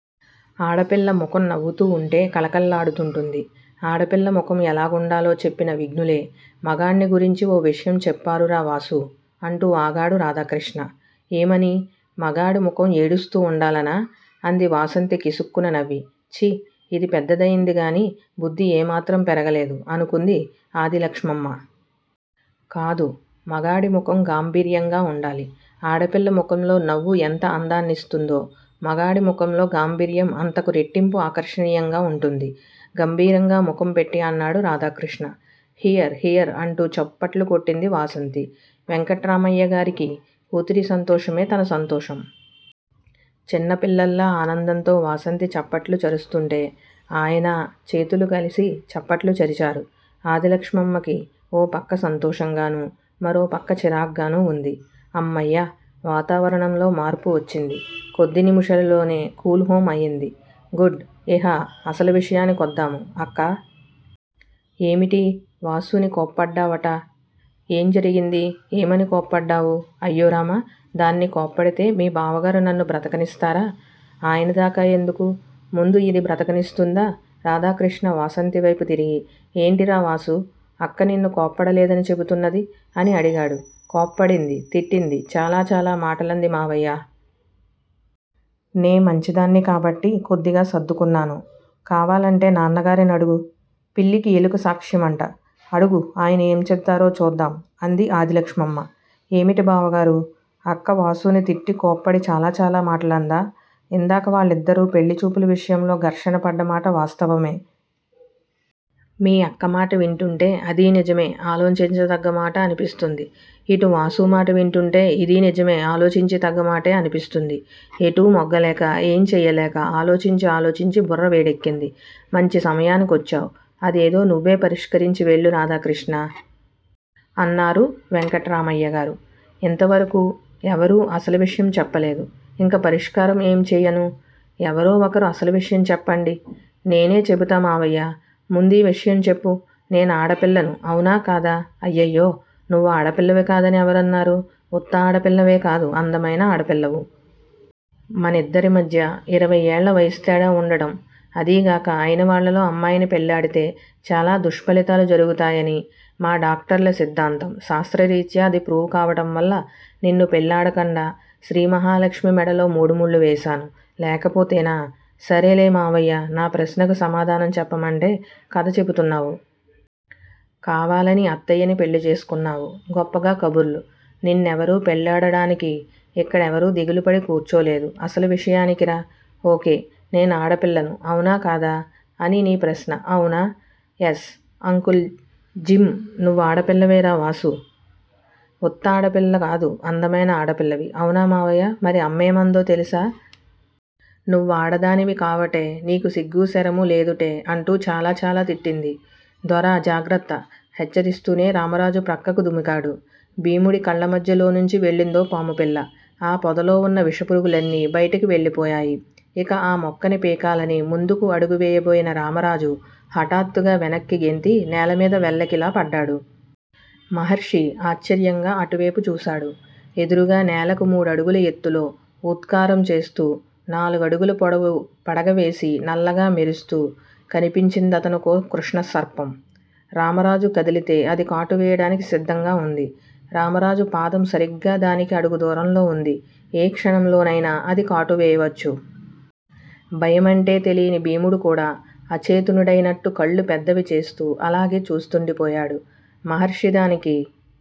ఆడపిల్ల ముఖం నవ్వుతూ వుంటే కళకళలాడుతుంటుంది. ఆడపిల్ల ముఖం ఎలాగుండాలో చెప్పిన విజ్ఞులే మగాణ్ని గురించి ఓ విషయం చెప్పారురా వాసూ! అంటూ ఆగాడు రాధాకృష్ణ. ఏమని? మగాడి ముఖం ఏడుస్తూ వుండాలనా? అంది వాసంతి కిసుక్కున నవ్వి. ఛీ ఇది పెద్దదయిందిగాని బుద్ధి ఏమాత్రం పెరగలేదు అనుకుంది ఆదిలక్షమ్మ. కాదు. మగాడి ముఖం గాంభీర్యంగా వుండాలి. ఆడపిల్ల ముఖంలో నవ్వు ఎంత అందాన్నిస్తుందో మగాడి ముఖంలో గాంభీర్యం అంతకు రెట్టింపు ఆకర్షణీయంగా వుంటుంది. గంభీరంగా ముఖం పెట్టి అన్నాడు రాధాకృష్ణ. హియర్ హియర్ అంటూ చప్పట్లు కొట్టింది వాసంతి. వెంకట్రామయ్యగారికి కూతురి సంతోషమే తన సంతోషం. చిన్న పిల్లల్లా ఆనందంతో వాసంతి చప్పట్లు చరుస్తుంటే ఆయనా చేతులు కలిసి చప్పట్లు చరిచారు. ఆదిలక్షమ్మకి ఓ పక్క సంతోషంగాను మరో పక్క చిరాగ్గాను వుంది. అమ్మయ్య! వాతావరణంలో మార్పు వచ్చింది కొద్ది నిమిషాలలోనే కూల్ హోమ్ అయింది. గుడ్. ఇహ అసలు విషయానికొద్దాము. అక్కా! ఏమిటి వాసూని కోప్పడ్డావుట? ఏం జరిగింది? ఏమని కోప్పడ్డావు? అయ్యోరామ! దాన్ని కోప్పడితే మీ బావగారు నన్ను బ్రతకనిస్తారా? ఆయనదాకా ఎందుకు ముందు యిది బ్రతకనిస్తుందా? రాధాకృష్ణ వాసంతివైపు తిరిగి. ఏంటిరా వాసూ! అక్క నిన్ను కోప్పడలేదని చెపుతున్నది? అని అడిగాడు. కోప్పడింది తిట్టింది. చాలాచాలా మాటలంది మామయ్యా! నే మంచిదాన్ని కాబట్టి కొద్దిగా సర్దుకున్నాను. కావాలంటే నాన్నగారినడుగు. పిల్లికి ఎలుక సాక్ష్యంట. అడుగు ఆయన ఏం చెపుతారో చూద్దాం అంది ఆదిలక్షమ్మ. ఏమిటి బావగారూ! అక్క వాసూని తిట్టి కోప్పడి చాలా చాలా మాటలందా! ఇందాక వాళ్ళిద్దరూ పెళ్ళిచూపుల విషయంలో ఘర్షణ పడ్డ మాట వాస్తవమే. మీ అక్క మాట వింటుంటే అదీ నిజమే ఆలోచించతగ్గ మాట అనిపిస్తుంది. ఇటు వాసు మాట వింటుంటే ఇదీ నిజమే ఆలోచించి తగ్గ మాటే అనిపిస్తున్నది. ఎటూ మొగ్గలేక ఏం చెయ్యలేక ఆలోచించి ఆలోచించి బుర్ర వేడెక్కింది. మంచి సమయానికొచ్చావ్ అదేదో నువ్వే పరిష్కరించి వెళ్ళు రాధాకృష్ణా! అన్నారు వెంకట్రామయ్యగారు. ఇంతవరకూ ఎవరూ అసలు విషయం చెప్పలేదు. ఇంక పరిష్కారం ఏం చెయ్యను ఎవరో ఒకరు అసలు విషయం చెప్పండి. నేనే చెపుతా మామయ్యా! ముందీ విషయం చెప్పు. నేనాడపిల్లను అవునా కాదా? అయ్యయ్యో! నువ్వాడపిల్లవి కాదని ఎవరన్నారు? ఉత్త ఆడపిల్లవేకాదు అందమైన ఆడపిల్లవు. మనిద్దరిమధ్య యిరవై ఏళ్ళ వయసు తేడా వుండటం అదీగాక అయినవాళ్ళలో అమ్మాయిని పెళ్లాడితే చాలా దుష్పలితాలు జరుగుతాయని మా డాక్టర్ల సిద్ధాంతం. శాస్త్రరీత్యా అది ప్రూవ్ కావటం వల్ల నిన్ను పెళ్ళాడకుండా శ్రీమహాలక్ష్మి మెడలో మూడుముళ్ళు వేశాను. లేకపోతేనా? సరేలే మామయ్య! నా ప్రశ్నకు సమాధానం చెప్పమంటే కథ చెపుతున్నావు. కావాలని అత్తయ్యని పెళ్ళిచేసుకున్నావు. గొప్పగ కబుర్లు. నిన్నెవరూ పెళ్ళాడటానికి ఇక్కడెవరు దిగులుపడి కూర్చోలేదు. అసలు విషయానికిరా. ఓకే. నేనాడపిల్లను అవునా కాదా? అని నీ ప్రశ్న అవునా! Yes uncle Jim. నువ్వాడపిల్లవేరా వాసూ! ఉత్త ఆడపిల్లకాదు అందమైన ఆడపిల్లవి. అవునా మామయ్య! మరి అమ్మేమందో తెలుసా! నువ్వాడదానివి కావటే నీకు సిగ్గు సెరము లేదుటే! అంటూ చాలాచాలా తిట్టింది. దొరా జాగ్రత్త హెచ్చరిస్తూనే రామరాజు ప్రక్కకు దుమికాడు. భీముడి కళ్ళమధ్యలోనుంచి వెళ్ళిందో పాముపిల్ల. ఆ పొదలోవున్న విషపురుగులన్నీ బయటికి వెళ్ళిపోయాయి. ఇక ఆ మొక్కని పీకాలని ముందుకు అడుగువేయబోయిన రామరాజు హఠాత్తుగా వెనక్కి గెంతి నేలమీద వెల్లకిలా పడ్డాడు. మహర్షి ఆశ్చర్యంగా అటువేపు చూసాడు. ఎదురుగా నేలకు మూడడుగుల ఎత్తులో ఊత్కారం చేస్తూ నాలుగడుగుల పొడవు పడగవేసి నల్లగా మెరుస్తూ కనిపించిందతనకో కృష్ణసర్పం. రామరాజు కదిలితే అది కాటు వేయడానికి సిద్ధంగా వుంది. రామరాజు పాదం సరిగ్గా దానికి అడుగు దూరంలో వుంది. ఏ క్షణంలోనయినా అది కాటు వేయవచ్చు. భయమంటే తెలీని భీముడు కూడా అచేతనుడైనట్టు కళ్ళు పెద్దవి చేస్తూ అలాగే చూస్తుండిపోయాడు. మహర్షి దానికి